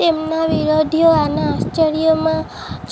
તેમના વિરોધીઓ આના આશ્ચર્યમાં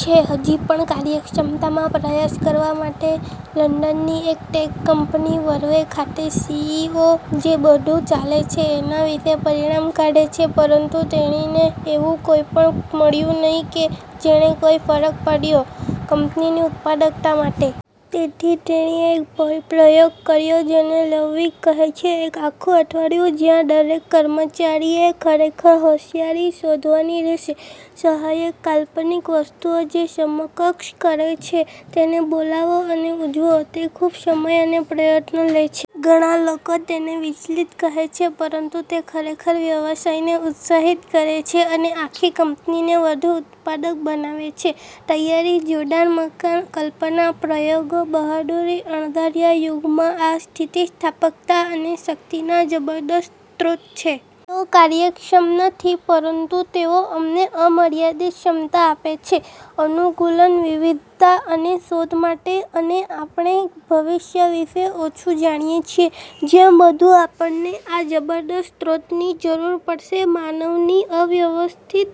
છે હજી પણ કાર્યક્ષમતામાં પ્રયાસ કરવા માટે. લંડનની એક ટેક કંપની વર્વે ખાતે સી.ઇ.ઓ જે બધું ચાલે છે એના વિશે પરિમાણ કાઢે છે પરંતુ તેણીને એવું કંઈપણ મળ્યું નહીં કે જેણે કોઈ ફરક પાડ્યો કંપનીની ઉત્પાદકતા માટે. તેથી તેણીએ એક પ્રયોગ કર્યો જેને "લવ વીક" કહે છે. એક આખું અઠવાડિયું જ્યાં દરેક કર્મચારીએ ખરેખર હોંશિયાર શોધવાની રહેશે, સહાયક, કાલ્પનિક વસ્તુઓ જે સમકક્ષ કરે છે. તેને બોલાવો અને ઉજવો. તે ખૂબ સમય અને પ્રયત્નો લે છે. ઘણા લોકો તેને વિચલિત કહે છે પરંતુ તે ખરેખર વ્યવસાયને ઉત્સાહિત કરે છે અને આખી કંપનીને વધુ ઉત્પાદક બનાવે છે. તૈયારી, જોડાણ-મકાન, કલ્પના, પ્રયોગો, બહાદુરી, અણધાર્યા યુગમાં, આ સ્થિતિસ્થાપકતા અને શક્તિના જબરદસ્ત સ્રોત છે. તેઓ કાર્યક્ષમ નથી પરંતુ તેઓ અમને અમર્યાદિત ક્ષમતા આપે છે અનુકૂલન, વિવિધતા અને શોધ માટે અને આપણે ભવિષ્ય વિશે ઓછું જાણીએ છીએ જેમ વધુ આપણને આ જબરદસ્ત સ્ત્રોતોની જરૂર પડશે માનવની, અવ્યવસ્થિત,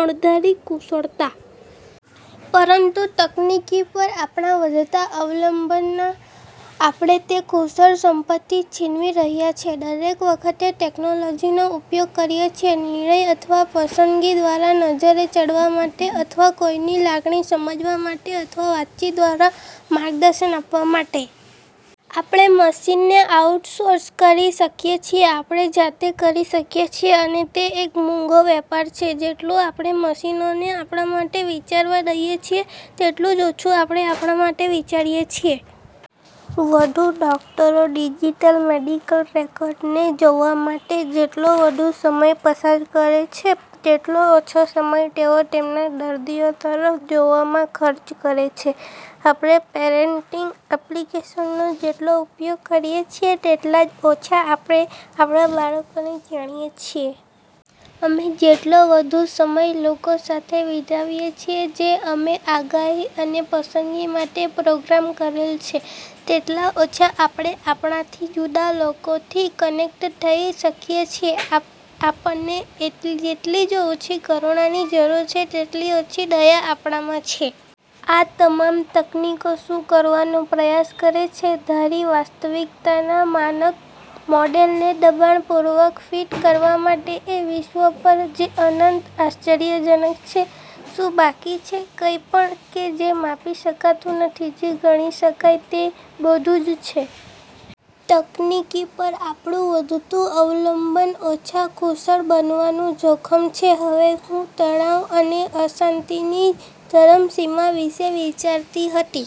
અણધારી કુશળતા. પરંતુ તકનીકી પર આપણાં વધતા અવલંબનમાં આપણે તે કુશળ સંપત્તિ છીનવી રહ્યા છીએ. દરેક વખતે ટેકનોલોજીનો ઉપયોગ કરીએ છીએ નિર્ણય અથવા પસંદગી દ્વારા નજરે ચડવા માટે અથવા કોઈની લાગણી સમજવા માટે અથવા વાતચીત દ્વારા માર્ગદર્શન આપવા માટે. આપણે મશીનને આઉટસોર્સ કરી શકીએ છીએ, આપણે જાતે કરી શકીએ છીએ અને તે એક મોંઘો વેપાર છે. જેટલું આપણે મશીનોને આપણા માટે વિચારવા દઈએ છીએ, તેટલું જ ઓછું આપણે આપણા માટે વિચારીએ છીએ. વધુ ડોકટરો ડિજિટલ મેડિકલ રેકોર્ડ્સને જોવા માટે જેટલો વધુ સમય પસાર કરે છે, તેટલો ઓછો સમય તેઓ તેમના દર્દીઓ તરફ જોવામાં ખર્ચ કરે છે. આપણે પેરેંટિંગ એપ્લિકેશનનો જેટલો ઉપયોગ કરીએ છીએ, તેટલા જ ઓછા આપણે આપણા બાળકોને જાણીએ છીએ. અમે જેટલો વધુ સમય લોકો સાથે વિતાવીએ છીએ જે અમે આગાહી અને પસંદગી માટે પ્રોગ્રામ કરેલ છે, તેટલા ઓછા આપણે આપણાથી જુદા લોકોથી કનેક્ટ થઈ શકીએ છીએ. અને આપણને જેટલી ઓછી કરુણાની જરૂર છે, તેટલી ઓછી દયા આપણામાં છે. આ તમામ તકનીકો શું કરવાનો પ્રયાસ કરે છે ધારી વાસ્તવિકતાના માનક મોડેલને દબાણપૂર્વક ફિટ કરવા માટે એ વિશ્વ પર જે અનંત આશ્ચર્યજનક છે. શું બાકી છે? કંઈ પણ કે જે માપી શકાતું નથી, જે ગણી શકાય તે બધું જ છે. તકનીકી પર આપણું વધતું અવલંબન ઓછા કુશળ બનવાનું જોખમ છે. હવે, હું તણાવ અને અશાંતિની ચરમસીમા વિશે વિચારતી હતી.